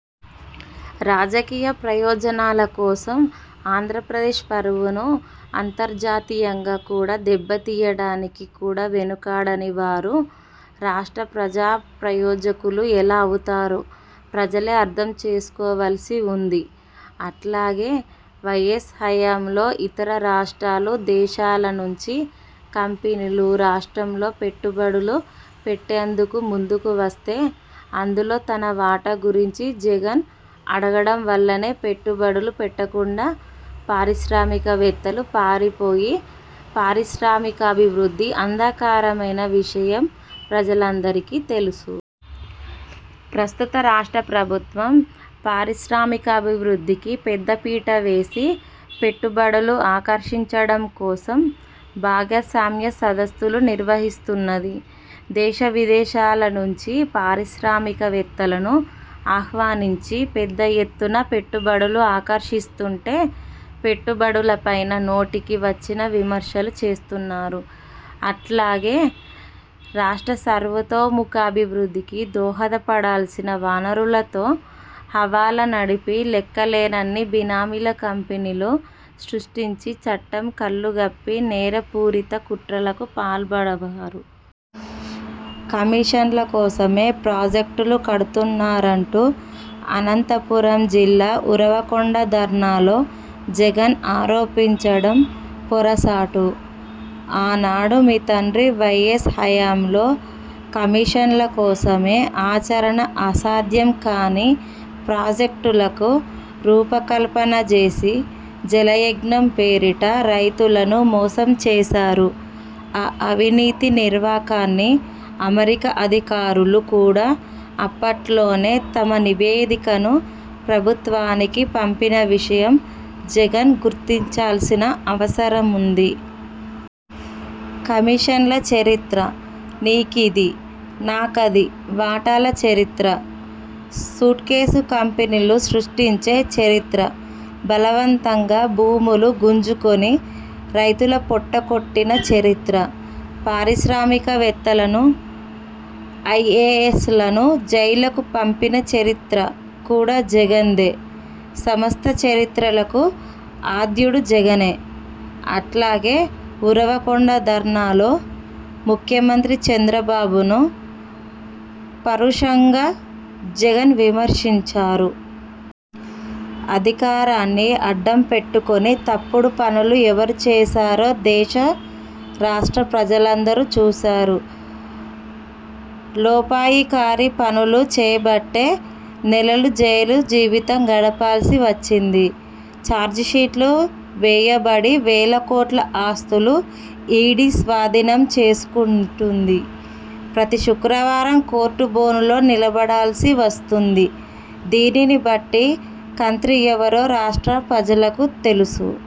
రాజకీయ ప్రయోజనాల కోసం ఆంధ్రప్రదేశ్ పరువును అంతర్జాతీయంగా కూడా దెబ్బతీయటానికి కూడా వెనకాడని వారు రాష్ట్ర ప్రజా ప్రయోజకులు ఎలా అవుతారో ప్రజలే అర్ధం చేసుకోవాల్సి వుంది. అట్లాగే వైఎస్ హయాంలో ఇతర రాష్ట్రాలు, విదేశాల నుంచి కంపెనీలు రాష్ట్రంలో పెట్టుబడులు పెట్టేందుకు ముందుకు వస్తే అందులో తన వాటా గురించి జగన్ అడగటం వల్లనే పెట్టుబడులు పెట్టకుండా పారిశ్రామికవేత్తలు పారిపోయి పారిశ్రామికాభివృద్ధి అంధకారమైన విషయం ప్రజలందరికి తెలుసు. ప్రస్తుత రాష్ట్ర ప్రభుత్వం పారిశ్రామికాభివృద్ధికి పెద్దపీట వేసి పెట్టుబడులు ఆకర్షించడం కోసం భాగస్వామ్య సదస్సులు నిర్వహిస్తున్నది. దేశ, విదేశాల నుంచి పారిశ్రామికవేత్తలను ఆహ్వానించి, పెద్దఎత్తున పెట్టుబడులు ఆకర్షిస్తుంటే పెట్టుబడులపైన నోటికి వచ్చిన విమర్శలు చేస్తున్నారు. అట్లాగే రాష్ట్ర సర్వతోముఖాభివృద్దికి దోహదపడాల్సిన వనరులతో హవాలా నడిపి లెక్క లేనన్ని బినామీ కంపెనీలు సృష్టించి చట్టం కళ్లుగప్పి నేర పూరిత కుట్రలకు పాల్పడ్డవారు. కమీషన్ల కోసమే ప్రాజెక్టులు కడుతున్నారంటూ అనంతపురం జిల్లా ఉరవకొండ ధర్నాలో జగన్ ఆరోపించడం పొరసాటు. ఆనాడు మీ తండ్రి వైఎస్ హయాంలో కమీషన్ల కోసమే ఆచరణ అసాధ్యం కానీ ప్రాజెక్టులకు రూపకల్పన చేసి, జలయజ్ఞం పేరిట రైతులను మోసం చేశారు. ఆ అవినీతి నిర్వకాన్ని అమెరికా అధికారులు కూడా అప్పట్లోనే తమ నివేదికను ప్రభుత్వానికి పంపిన విషయం జగన్ గుర్తించాల్సిన అవసరముంది. కమిషన్ల చరిత్ర, నీ కిది, నాకది వాటాల చరిత్ర, సూట్కేసు కంపెనీలు సృష్టించే చరిత్ర, బలవంతంగా భూములు గుంజుకొని రైతుల పొట్టకొట్టిన చరిత్ర, పారిశ్రామికవేత్తలను, ఐఏఎస్ లను జైళ్లకు పంపిన చరిత్ర కూడా జగన్ దే. సమస్త చరిత్రలకు ఆద్యుడు జగనే. అట్లాగే ఉరవకొండ ధర్నాలో ముఖ్యమంత్రి చంద్రబాబును పరుషంగా జగన్ విమర్శించారు. అధికారాన్ని అడ్డం పెట్టుకొని తప్పుడు పనులు ఎవరు చేశారో దేశ, రాష్ట్ర ప్రజలందరూ చూశారు. లోపాయికారీ పనులు చేయబట్టే నెలలు జైలు జీవితం గడపాల్సి వచ్చింది. ఛార్జిషీట్లు వేయబడి వేలకోట్ల ఆస్తులు ఈడీ స్వాధీనం చేసుకుంటుంది. ప్రతి శుక్రవారం కోర్టు బోనులో నిలబడాల్సి వస్తుంది. దీనిని బట్టి కంత్రీ ఎవరో రాష్ట్ర ప్రజలకు తెలుసు.